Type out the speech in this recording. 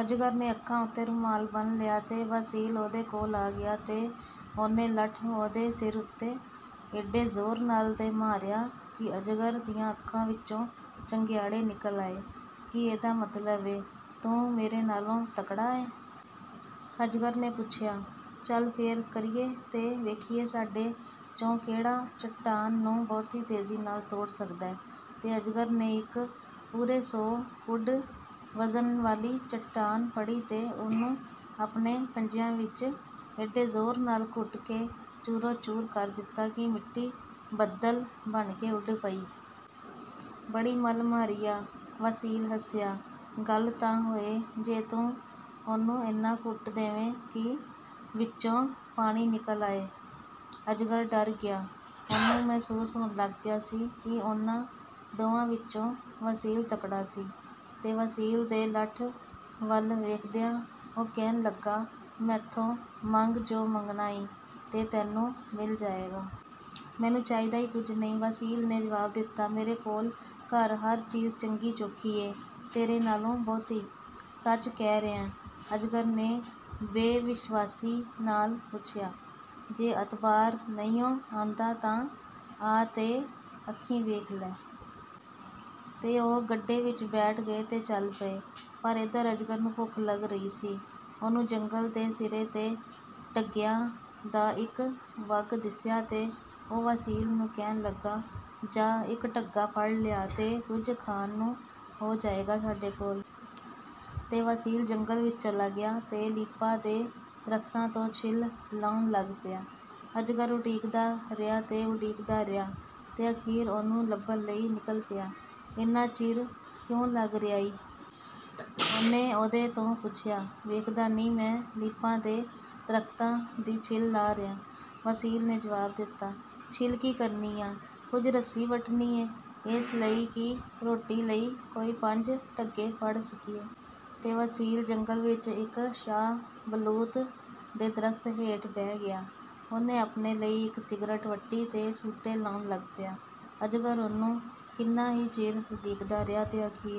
ਅਜਗਰ ਨੇ ਅੱਖਾਂ ਉੱਤੇ ਰੁਮਾਲ ਬੰਨ੍ਹ ਲਿਆ, ਤੇ ਵਾਸੀਲ ਉਹਦੇ ਕੋਲ ਆ ਗਿਆ ਤੇ ਉਹਨੇ ਲੱਠ ਉਹਦੇ ਸਿਰ ਉੱਤੇ ਏਡੇ ਜ਼ੋਰ ਨਾਲ ਦੇ ਮਾਰਿਆ ਕਿ ਅਜਗਰ ਦੀਆਂ ਅੱਖਾਂ ਵਿਚੋਂ ਚੰਗਿਆੜੇ ਨਿਕਲ ਆਏ। “ਕੀ ਇਹਦਾ ਮਤਲਬ ਏ, ਤੂੰ ਮੇਰੇ ਨਾਲੋਂ ਤਕੜਾ ਏ?” ਅਜਗਰ ਨੇ ਪੁੱਛਿਆ। “ਚਲ, ਫੇਰ ਕਰੀਏ ਤੇ ਵੇਖੀਏ ਸਾਡੇ ’ਚੋਂ ਕਿਹੜਾ ਚਟਾਨ ਨੂੰ ਬਹੁਤੀ ਤੇਜ਼ੀ ਨਾਲ ਤੋੜ ਸਕਦੈ।” ਤੇ ਅਜਗਰ ਨੇ ਇੱਕ ਪੂਰੇ ਸੌ ਪੂਡ ਵਜ਼ਨ ਵਾਲੀ ਚਟਾਨ ਫੜੀ ਤੇ ਉਹਨੂੰ ਆਪਣੇ ਪੰਜਿਆਂ ਵਿੱਚ ਏਡੇ ਜ਼ੋਰ ਨਾਲ ਘੁੱਟ ਕੇ ਚੂਰੋ-ਚੂਰ ਕਰ ਦਿੱਤਾ ਕਿ ਮਿੱਟੀ ਬੱਦਲ ਬਣ ਕੇ ਉੱਡ ਪਈ। “ਬੜੀ ਮੱਲ ਮਾਰੀ ਆ!” ਵਾਸੀਲ ਹੱਸਿਆ। “ਗੱਲ ਤਾਂ ਹੋਏ ਜੇ ਤੂੰ ਉਹਨੂੰ ਏਨਾ ਘੁੱਟ ਦੇਵੇਂ ਕਿ ਵਿਚੋਂ ਪਾਣੀ ਨਿਕਲ ਆਏ।” ਅਜਗਰ ਡਰ ਗਿਆ। ਉਹਨੂੰ ਮਹਿਸੂਸ ਹੋਣ ਲੱਗ ਪਿਆ ਸੀ ਕਿ ਉਹਨਾਂ ਦੋਵਾਂ ਵਿਚੋਂ ਵਾਸੀਲ ਤਕੜਾ ਸੀ, ਤੇ ਵਾਸੀਲ ਦੇ ਲੱਠ ਵੱਲ ਵੇਖਦਿਆਂ ਉਹ ਕਹਿਣ ਲੱਗਾ, “ਮੈਥੋਂ ਮੰਗ ਜੁ ਮੰਗਣਾ ਈਂ, ਤੇ ਤੈਨੂੰ ਮਿਲ ਜਾਏਗਾ।” “ਮੈਨੂੰ ਚਾਹੀਦਾ ਈ ਕੁਝ ਨਹੀਂ,” ਵਾਸੀਲ ਨੇ ਜਵਾਬ ਦਿੱਤਾ। “ਮੇਰੇ ਕੋਲ ਘਰ ਹਰ ਚੀਜ਼ ਚੰਗੀ-ਚੋਖੀ ਏ, ਤੇਰੇ ਨਾਲੋਂ ਬਹੁਤੀ।” “ਸੱਚ ਕਹਿ ਰਿਹੈਂ?” ਅਜਗਰ ਨੇ ਬੇਵਿਸ਼ਵਾਸੀ ਨਾਲ ਪੁੱਛਿਆ। “ਜੇ ਅਤਬਾਰ ਨਹੀਂਉਂ ਆਉਂਦਾ, ਤਾਂ ਆ ਤੇ ਅੱਖੀਂ ਵੇਖ ਲੈ!” ਤੇ ਉਹ ਗੱਡੇ ਵਿੱਚ ਬੈਠ ਗਏ ਤੇ ਚੱਲ ਪਏ। ਪਰ ਏਧਰ ਅਜਗਰ ਨੂੰ ਭੁੱਖ ਲੱਗ ਰਹੀ ਸੀ। ਉਹਨੂੰ ਜੰਗਲ ਦੇ ਸਿਰੇ ’ਤੇ ਢੱਗਿਆਂ ਦਾ ਇੱਕ ਵੱਗ ਦਿਸਿਆ ਤੇ ਉਹ ਵਾਸੀਲ ਨੂੰ ਕਹਿਣ ਲੱਗਾ, “ਜਾ, ਇੱਕ ਢੱਗਾ ਫੜ ਲਿਆ, ਤੇ ਕੁਝ ਖਾਣ ਨੂੰ ਹੋ ਜਾਏਗਾ ਸਾਡੇ ਕੋਲ। ਤੇ ਵਾਸੀਲ ਜੰਗਲ ਵਿੱਚ ਚਲਾ ਗਿਆ ਤੇ ਲੀਪਾ ਦੇ ਦਰਖ਼ਤਾਂ ਤੋਂ ਛਿੱਲ ਲਾਹੁਣ ਲੱਗ ਪਿਆ। ਅਜਗਰ ਉਡੀਕਦਾ ਰਿਹਾ ਤੇ ਉਡੀਕਦਾ ਰਿਹਾ ਤੇ ਅਖ਼ੀਰ ਉਹਨੂੰ ਲੱਭਣ ਲਈ ਨਿਕਲ ਪਿਆ। “ਏਨਾ ਚਿਰ ਕਿਉਂ ਲੱਗ ਰਿਹਾ ਈ?” ਉਹਨੇ ਉਹਦੇ ਤੋਂ ਪੁੱਛਿਆ। “ਵੇਖਦਾ ਨਹੀਂ, ਮੈਂ ਲੀਪਾ ਦੇ ਦਰਖ਼ਤਾਂ ਦੀ ਛਿੱਲ ਲਾਹ ਰਿਹਾਂ,” ਵਾਸੀਲ ਨੇ ਜਵਾਬ ਦਿੱਤਾ। “ਛਿੱਲ ਕੀ ਕਰਨੀ ਆਂ?” “ਕੁਝ ਰੱਸੀ ਵੱਟਣੀ ਏ, ਏਸ ਲਈ ਕਿ ਰੋਟੀ ਲਈ ਕੋਈ ਪੰਜ ਢੱਗੇ ਫੜ ਸਕੀਏ।” ਤੇ ਵਾਸੀਲ ਜੰਗਲ ਵਿੱਚ ਇੱਕ ਸ਼ਾਹ-ਬਲੂਤ ਦੇ ਦਰਖ਼ਤ ਹੇਠ ਬਹਿ ਗਿਆ। ਉਹਨੇ ਆਪਣੇ ਲਈ ਇੱਕ ਸਿਗਰਟ ਵੱਟੀ ਤੇ ਸੂਟੇ ਲਾਉਣ ਲੱਗ ਪਿਆ। ਅਜਗਰ ਉਹਨੂੰ ਕਿੰਨਾ ਹੀ ਚਿਰ ਉਡੀਕਦਾ ਰਿਹਾ, ਤੇ ਅਖ਼ੀਰ